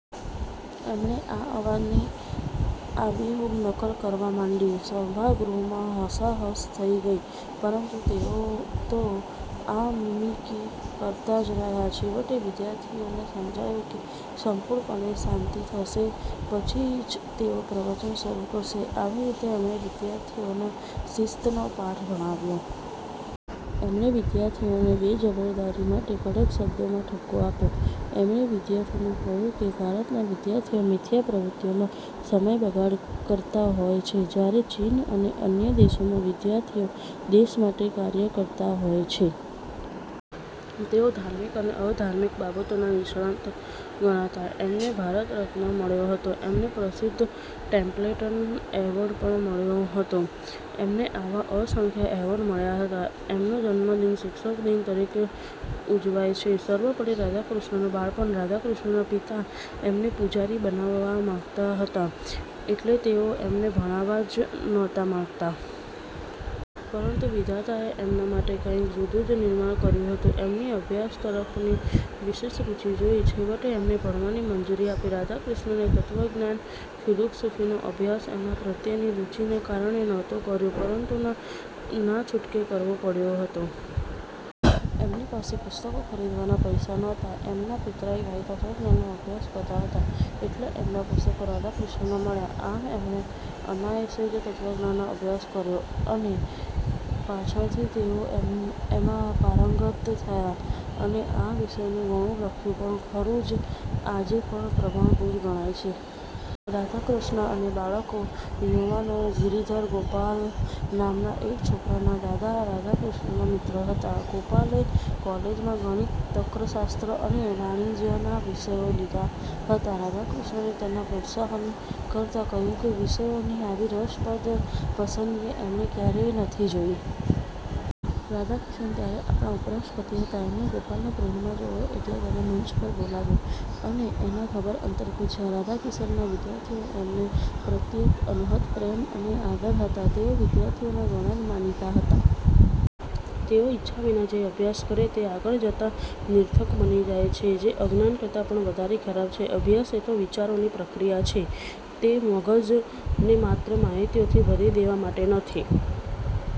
એમણે આ અવાજની આબેહૂબ નકલ કરવા માંડી. સભાગૃહમાં હસાહસ થઇ ગઈ પરંતુ તેઓ તો આ મિમિક્રી કરતા જ રહ્યા. છેવટે વિદ્યાર્થીઓને સમજાયું કે સંપૂર્ણપણે શાંતિ થશે પછી જ તેઓ પ્રવચન શરુ કરશે. આવી રીતે એમણે વિદ્યાર્થીઓને શિસ્તનો પાઠ ભણાવ્યો. એમણે વિદ્યાર્થીઓને બેજવાબદારી માટે કડક શબ્દોમાં ઠપકો આપ્યો. એમણે વિદ્યાર્થીઓને કહ્યું કે ભારતના વિદ્યાર્થીઓ મિથ્યા પ્રવૃત્તિઓમાં સમયનો બગાડ કરતા હોય છે જયારે ચીન અને અન્ય દેશોમાં વિદ્યાર્થીઓ દેશ માટે કાર્ય કરતા હોય છે. તેઓ ધાર્મિક અને આધ્યાત્મિક બાબતોના નિષ્ણાત ગણાતા. એમને ભારતરત્ન મળ્યો હતો. એમને પ્રસિદ્ધ ટેમ્પલ્ટન એવોર્ડ પણ મળ્યો હતો. એમને આવા અસંખ્ય એવોર્ડ મળ્યા હતા. એમનો જન્મદિન શિક્ષકદિન તરીકે ઉજવાય છે. સર્વપલ્લી રાધાક્રિશ્નનનું બાળપણ રાધાક્રિશ્નનના પિતા એમને પૂજારી બનાવવા માંગતા હતા એટલે તેઓ તો એમને ભણાવવા જ નહોતા માંગતા! પરંતુ વિધાતાએ એમના માટે કાંઈક જુદું જ નિર્માણ કર્યું હતું! એમની અભ્યાસ તરફની વિશેષ રુચિ જોઈને છેવટે એમને ભણવાની મંજૂરી આપી. રાધાક્રિશ્નને તત્વજ્ઞાન-ફિલસુફીનો અભ્યાસ એના પ્રત્યેની રુચિને કારણે નહોતો કર્યો પરંતુ ના છૂટકે કરવો પડયો હતો. એમની પાસે પુસ્તકો ખરીદવાના પૈસા નહોતા. એમના પિતરાઈ ભાઈ તત્વજ્ઞાનનો અભ્યાસ કરતા હતા એટલે એમના પુસ્તકો રાધાક્રિશ્નનને મળ્યા. આમ એમણે અનાયાસે જ તત્વજ્ઞાનનો અભ્યાસ કર્યો અને પાછળથી તો તેઓ એમાં પારંગત થયા અને આ વિષયમાં ઘણું લખ્યું પણ ખરું જે આજે પણ પ્રમાણભૂત ગણાય છે. રાધાક્રિશ્નન અને બાળકો / યુવાનો ગિરિધર ગોપાલ નામના એક છોકરાના દાદા રાધાક્રિશ્નનના મિત્ર હતા. ગોપાલે કોલેજમાં ગણિત, તર્કશાસ્ત્ર અને વાણિજ્યના વિષયો લીધા હતા. રાધાક્રિશ્નને તેને પ્રોત્સાહિત કરતાં કહ્યું કે વિષયોની આવી રસપ્રદ પસંદગી એમણે ક્યારેય નથી જોઈ. રાધાક્રિશ્નન ત્યારે આપણા ઉપરાષ્ટ્રપતિ હતા. એમણે ગોપાલને પરેડમાં જોયો એટલે તેને મંચ ઉપર બોલાવ્યો અને એના ખબરઅંતર પૂછ્યા. રાધાક્રિશ્નનના વિદ્યાર્થીઓને એમના પ્રત્યે અનહદ પ્રેમ અને આદર હતા. તેઓ વિદ્યાર્થીઓના ઘણા જ માનીતા હતા. તેઓ ઈચ્છા વિના જે અભ્યાસ કરે તે આગળ જતાં નિરર્થક બની જાય છે જે અજ્ઞાન કરતાં પણ વધારે ખરાબ છે. અભ્યાસ એ તો વિચારોની પ્રક્રિયા છે. તે મગજને માત્ર માહિતીઓથી ભરી દેવા માટે નથી.